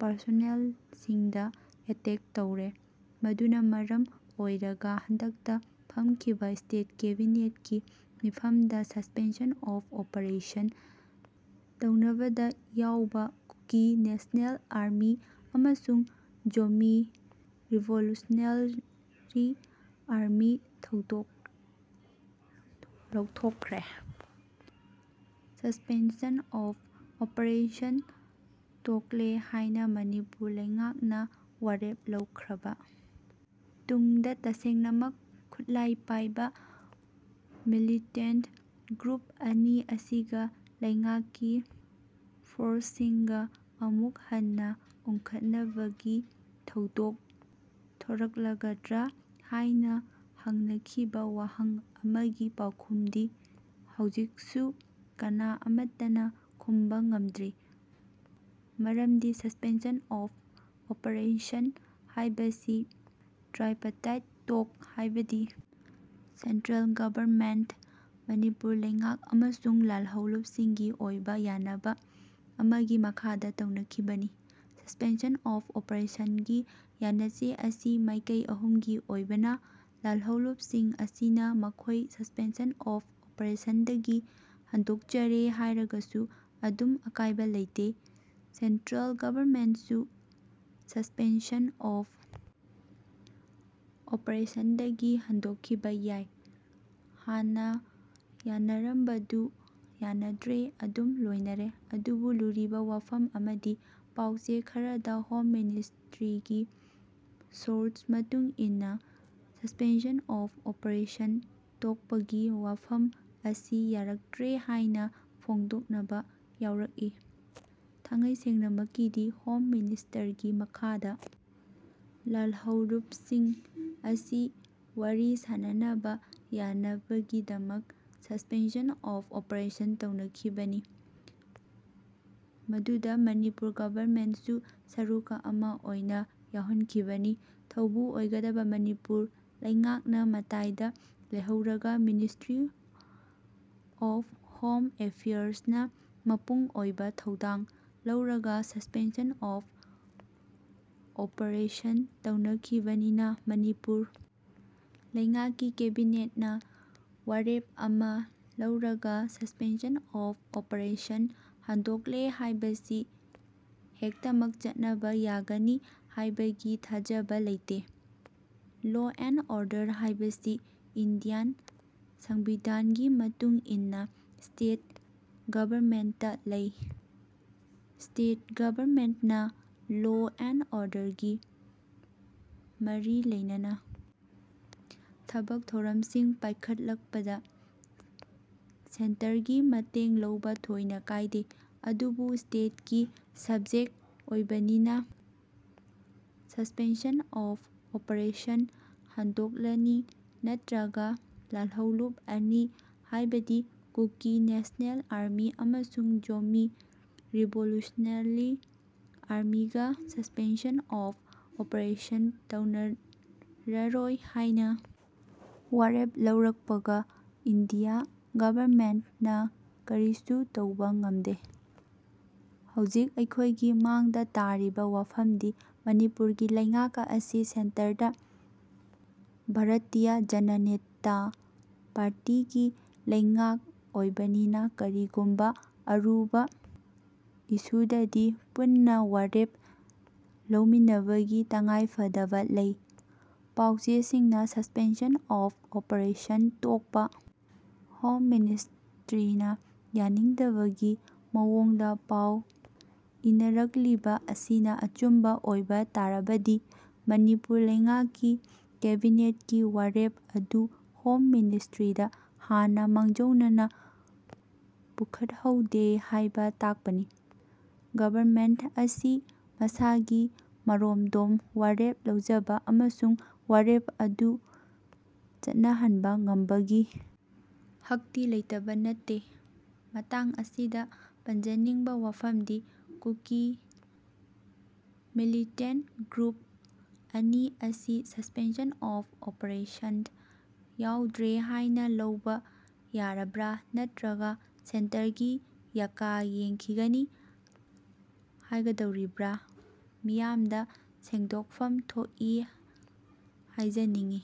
ꯄꯥꯔꯁꯣꯅꯦꯜꯁꯤꯡꯗ attack ꯇꯧꯔꯦ꯫ ꯃꯗꯨꯅ ꯃꯔꯝ ꯑꯣꯏꯔꯒ ꯍꯟꯗꯛꯇ ꯐꯝꯈꯤꯕ ꯁ꯭ꯇꯦꯠ ꯀꯦꯕꯤꯅꯦꯠꯀꯤ ꯃꯤꯐꯝꯗ ꯁꯁ꯭ꯄꯦꯟꯁꯟ ꯑꯣꯐ ꯑꯣꯄꯔꯦꯁꯟ ꯇꯧꯅꯕꯗ ꯌꯥꯎꯕ ꯀꯨꯀꯤ ꯅꯦꯁꯅꯦꯜ ꯑꯥꯔꯃꯤ ꯑꯃꯁꯨꯡ ꯖꯣꯃꯤ ꯔꯤꯚꯣꯂꯨꯁꯟꯅꯦꯔꯤ ꯑꯥꯔꯃꯤ ꯊꯧꯗꯣꯛ ꯂꯧꯊꯣꯛꯈ꯭ꯔꯦ꯫ ꯁꯁ꯭ꯄꯦꯟꯁꯟ ꯑꯣꯐ ꯑꯣꯄꯔꯦꯁꯟ ꯇꯣꯛꯂꯦ ꯍꯥꯏꯅ ꯃꯅꯤꯄꯨꯔ ꯂꯩꯉꯥꯛꯅ ꯋꯥꯔꯦꯞ ꯂꯧꯈ꯭ꯔꯕ ꯇꯨꯡꯗ ꯇꯁꯦꯡꯅꯃꯛ ꯈꯨꯠꯂꯥꯏ ꯄꯥꯏꯕ ꯃꯤꯂꯤꯇꯦꯟꯠꯇ ꯒ꯭ꯔꯨꯞ ꯑꯅꯤ ꯑꯁꯤꯒ ꯂꯩꯉꯥꯛꯀꯤ ꯐꯣꯔꯁꯁꯤꯡꯒ ꯑꯃꯨꯛ ꯍꯟꯅ ꯎꯪꯈꯠꯅꯕꯒꯤ ꯊꯧꯗꯣꯛ ꯊꯣꯔꯛꯂꯒꯗ꯭ꯔ ꯍꯥꯏꯅ ꯍꯪꯅꯈꯤꯕ ꯋꯥꯍꯪ ꯑꯃꯒꯤ ꯄꯥꯎꯈꯨꯝꯗꯤ ꯍꯧꯖꯤꯛꯁꯨ ꯀꯅꯥ ꯑꯃꯠꯇꯅ ꯈꯨꯝꯕ ꯉꯝꯗ꯭ꯔꯤ꯫ ꯃꯔꯝꯗꯤ ꯁꯁ꯭ꯄꯦꯟꯁꯟ ꯑꯣꯐ ꯑꯣꯄꯔꯦꯁꯟ ꯍꯥꯏꯕꯁꯤ ꯇ꯭ꯔꯥꯏꯄꯇꯥꯏꯠ ꯇꯣꯛ ꯍꯥꯏꯕꯗꯤ ꯁꯦꯟꯇ꯭ꯔꯦꯜ ꯒꯚꯔꯟꯃꯦꯟꯇ, ꯃꯅꯤꯄꯨꯔ ꯂꯩꯉꯥꯛ ꯑꯃꯁꯨꯡ ꯂꯥꯜꯍꯧꯂꯨꯞꯁꯤꯡꯒꯤ ꯑꯣꯏꯕ ꯌꯥꯅꯕ ꯑꯃꯒꯤ ꯃꯈꯥꯗ ꯇꯧꯅꯈꯤꯕꯅꯤ꯫ꯁꯁ꯭ꯄꯦꯟꯁꯟ ꯑꯣꯐ ꯑꯣꯄꯔꯦꯁꯟꯒꯤ ꯌꯥꯅꯆꯦ ꯑꯁꯤ ꯃꯥꯏꯀꯩ ꯑꯍꯨꯝꯒꯤ ꯑꯣꯏꯕꯅ ꯂꯥꯜꯍꯧꯂꯨꯞꯁꯤꯡ ꯑꯁꯤꯅ ꯃꯈꯣꯏ ꯁꯁ꯭ꯄꯦꯟꯁꯟ ꯑꯣꯐ ꯑꯣꯄꯔꯦꯁꯟꯗꯒꯤ ꯍꯟꯗꯣꯛꯆꯔꯦ ꯍꯥꯏꯔꯒꯁꯨ ꯑꯗꯨꯝ ꯑꯀꯥꯏꯕ ꯂꯩꯇꯦ꯫ ꯁꯦꯟꯇ꯭ꯔꯦꯜ ꯒꯚꯔꯟꯃꯦꯟꯠꯁꯨ ꯁꯁ꯭ꯄꯦꯟꯁꯟ ꯑꯣꯐ ꯑꯣꯄꯔꯦꯁꯟꯗꯒꯤ ꯍꯟꯗꯣꯛꯈꯤꯕ ꯌꯥꯏ꯫ ꯍꯥꯟꯅ ꯌꯥꯟꯅꯔꯝꯕꯗꯨ ꯌꯥꯟꯅꯗ꯭ꯔꯦ ꯑꯗꯨꯝ ꯂꯣꯏꯅꯔꯦ꯫ ꯑꯗꯨꯕꯨ ꯂꯨꯔꯤꯕ ꯋꯥꯐꯝ ꯑꯃꯗꯤ ꯄꯥꯎꯆꯦ ꯈꯔꯗ ꯍꯣꯝ ꯃꯤꯅꯤꯁꯇ꯭ꯔꯤꯒꯤ ꯁꯣꯔꯁ ꯃꯇꯨꯡ ꯏꯟꯅ ꯁꯁ꯭ꯄꯦꯟꯁꯟ ꯑꯣꯐ ꯑꯣꯄꯔꯦꯁꯟ ꯇꯣꯛꯄꯒꯤ ꯋꯥꯐꯝ ꯑꯁꯤ ꯌꯥꯔꯛꯇ꯭ꯔꯦ ꯍꯥꯏꯅ ꯐꯣꯡꯗꯣꯛꯅꯕ ꯌꯥꯎꯔꯛꯏ꯫ ꯊꯥꯡꯉꯩꯁꯦꯡꯅꯃꯛꯀꯤꯗꯤ ꯍꯣꯝ ꯃꯤꯅꯤꯁꯇꯔꯒꯤ ꯃꯈꯥꯗ ꯂꯥꯜꯍꯧꯂꯨꯞꯁꯤꯡ ꯑꯁꯤ ꯋꯥꯔꯤ ꯁꯥꯅꯅꯕ ꯌꯥꯅꯕꯒꯤꯗꯃꯛ ꯁꯁ꯭ꯄꯦꯟꯁꯟ ꯑꯣꯐ ꯑꯣꯄꯔꯦꯁꯟ ꯇꯧꯅꯈꯤꯕꯅꯤ꯫ꯃꯗꯨꯗ ꯃꯅꯤꯄꯨꯔ ꯒꯚꯔꯟꯃꯦꯟꯠꯁꯨ ꯁꯔꯨꯛ ꯑꯃ ꯑꯣꯏꯅ ꯌꯥꯎꯍꯟꯈꯤꯕꯅꯤ꯫ ꯊꯧꯕꯨ ꯑꯣꯏꯒꯗꯕ ꯃꯅꯤꯄꯨꯔ ꯂꯩꯉꯥꯛꯅ ꯃꯇꯥꯏꯗ ꯂꯩꯍꯧꯔꯒ ꯃꯤꯅꯤꯁꯇ꯭ꯔꯤ ꯑꯣꯐ ꯍꯣꯝ ꯑꯦꯐꯤꯌꯥꯔꯁꯅ ꯃꯄꯨꯡ ꯑꯣꯏꯕ ꯊꯧꯗꯥꯡ ꯂꯧꯔꯒ ꯁꯁ꯭ꯄꯦꯟꯁꯟ ꯑꯣꯐ ꯑꯣꯄꯔꯦꯁꯟꯇꯧꯅꯈꯤꯕꯅꯤꯅ ꯃꯅꯤꯄꯨꯔ ꯂꯩꯉꯥꯛꯀꯤ ꯀꯦꯕꯤꯅꯦꯠꯅ ꯋꯥꯔꯦꯞ ꯑꯃ ꯂꯧꯔꯒ ꯁꯁ꯭ꯄꯦꯟꯁꯟ ꯑꯣꯐ ꯑꯣꯄꯔꯦꯁꯟ ꯍꯟꯗꯣꯛꯂꯦ ꯍꯥꯏꯕꯁꯤ ꯍꯦꯛꯇꯃꯛ ꯆꯠꯅꯕ ꯌꯥꯒꯅꯤ ꯍꯥꯏꯕꯒꯤ ꯊꯥꯖꯕ ꯂꯩꯇꯦ꯫ ꯂꯣ ꯑꯦꯟꯗ ꯑꯣꯔꯗꯔ ꯍꯥꯏꯕꯁꯤ ꯏꯟꯗꯤꯌꯥꯟ ꯁꯪꯕꯤꯙꯥꯟꯒꯤ ꯃꯇꯨꯡ ꯏꯟꯅ ꯁ꯭ꯇꯦꯠ ꯒꯚꯔꯟꯃꯦꯟꯠꯇ ꯂꯩ꯫ꯁ꯭ꯇꯦꯠ ꯒꯚꯔꯟꯃꯦꯟꯠꯅ ꯂꯣ ꯑꯦꯟꯗ ꯑꯣꯔꯗꯔꯒ ꯃꯔꯤ ꯂꯩꯅꯅ ꯊꯕꯛ ꯊꯧꯔꯝꯁꯤꯡ ꯄꯥꯏꯈꯠꯂꯛꯄꯗ ꯁꯦꯟꯇꯔꯒꯤ ꯃꯇꯦꯡꯂꯧꯕ ꯊꯣꯏꯅ ꯀꯥꯏꯗꯦ꯫ ꯑꯗꯨꯕꯨ ꯁ꯭ꯇꯦꯠꯀꯤ ꯁꯕꯖꯦꯛ ꯑꯣꯏꯕꯅꯤꯅ ꯁꯁ꯭ꯄꯦꯟꯁꯟ ꯑꯣꯐ ꯑꯣꯄꯔꯦꯁꯟ ꯍꯟꯗꯣꯛꯂꯅꯤ ꯅꯠꯇ꯭ꯔꯒ ꯂꯥꯜꯍꯧꯂꯨꯞ ꯑꯅꯤ ꯍꯥꯏꯕꯗꯤ ꯀꯨꯀꯤ ꯅꯦꯁꯅꯦꯜ ꯑꯥꯔꯃꯤ ꯑꯃꯁꯨꯡ ꯖꯣꯃꯤ ꯔꯤꯚꯣꯂꯨꯁꯟꯅꯦꯔꯤ ꯑꯥꯔꯃꯤꯒ ꯁꯁ꯭ꯄꯦꯟꯁꯟ ꯑꯣꯐ ꯑꯣꯄꯔꯦꯁꯟ ꯇꯧꯅꯔꯔꯣꯏ ꯍꯥꯏꯅ ꯋꯥꯔꯦꯞ ꯂꯧꯔꯛꯄꯒ ꯏꯟꯗꯤꯌꯥ ꯒꯚꯔꯟꯃꯦꯟꯠꯅ ꯀꯔꯤꯁꯨ ꯇꯧꯕ ꯉꯝꯗꯦ꯫ꯍꯧꯖꯤꯛ ꯑꯩꯈꯣꯏꯒꯤ ꯃꯥꯡꯗ ꯇꯥꯔꯤꯕ ꯋꯥꯐꯝꯗꯤ ꯃꯅꯤꯄꯨꯔꯒꯤ ꯂꯩꯉꯥꯛ ꯑꯁꯤ ꯁꯦꯟꯇꯔꯗ ꯚꯥꯔꯠꯇꯤꯌꯥ ꯖꯟꯅꯅꯦꯟꯇꯥ ꯄꯥꯔꯇꯤꯒꯤ ꯂꯩꯉꯥꯛ ꯑꯣꯏꯕꯅꯤꯅ ꯀꯔꯤꯒꯨꯝꯕ ꯑꯔꯨꯕ ꯏꯁꯨꯗꯗꯤ ꯄꯨꯟꯅ ꯋꯥꯔꯦꯞ ꯂꯧꯃꯤꯟꯅꯕꯒꯤ ꯇꯉꯥꯏꯐꯗꯕ ꯂꯩ꯫ ꯄꯥꯎꯆꯦꯁꯤꯡꯅ ꯁꯁ꯭ꯄꯦꯟꯁꯟ ꯑꯣꯐ ꯑꯣꯄꯔꯦꯁꯟ ꯇꯣꯛꯄ ꯍꯣꯝ ꯃꯅꯤꯁꯇ꯭ꯔꯤꯅ ꯌꯥꯅꯤꯡꯗꯕꯒꯤ ꯃꯑꯣꯡꯗ ꯄꯥꯎ ꯏꯅꯔꯛꯂꯤꯕ ꯑꯁꯤꯅ ꯑꯆꯨꯝꯕ ꯑꯣꯏꯕ ꯇꯥꯔꯕꯗꯤ ꯃꯅꯤꯄꯨꯔ ꯂꯩꯉꯥꯛꯀꯤ ꯀꯦꯕꯤꯅꯦꯠꯀꯤ ꯋꯥꯔꯦꯞ ꯑꯗꯨ ꯍꯣꯝ ꯃꯤꯅꯤꯁꯇ꯭ꯔꯤꯗ ꯍꯥꯟꯅ ꯃꯥꯡꯖꯧꯅꯅ ꯄꯨꯈꯠꯍꯧꯗꯦ ꯍꯥꯏꯕ ꯇꯥꯛꯄꯅꯤ꯫ ꯒꯚꯔꯃꯦꯟꯠ ꯑꯁꯤ ꯃꯁꯥꯒꯤ ꯃꯔꯣꯝꯗꯣꯝ ꯋꯥꯔꯦꯞ ꯂꯧꯖꯕ ꯑꯃꯁꯨꯡ ꯋꯥꯔꯦꯞ ꯑꯗꯨ ꯆꯠꯅꯍꯟꯕ ꯉꯝꯕꯒꯤ ꯍꯛꯇꯤ ꯂꯩꯇꯕ ꯅꯠꯇꯦ꯫ ꯃꯇꯥꯡ ꯑꯁꯤꯗ ꯄꯟꯖꯅꯤꯡꯕ ꯋꯥꯐꯝꯗꯤ ꯀꯨꯀꯤ ꯃꯤꯂꯤꯇꯦꯟꯠꯇ ꯒ꯭ꯔꯨꯞ ꯑꯅꯤ ꯑꯁꯤ ꯁꯁ꯭ꯄꯦꯟꯁꯟ ꯑꯣꯐ ꯑꯣꯄꯔꯦꯁꯟꯗ ꯌꯥꯎꯗ꯭ꯔꯦ ꯍꯥꯏꯅ ꯂꯧꯕ ꯌꯥꯔꯕ꯭ꯔꯥ ꯅꯠꯇ꯭ꯔꯒ ꯁꯦꯟꯇꯔꯒꯤ ꯌꯥꯀꯥ ꯌꯦꯡꯈꯤꯒꯅꯤ ꯍꯥꯏꯒꯗꯧꯔꯤꯕ꯭ꯔꯥ ꯃꯤꯌꯥꯝꯗ ꯁꯦꯡꯗꯣꯛꯐꯝ ꯊꯣꯛꯏ ꯍꯥꯏꯖꯅꯤꯡꯉꯤ꯫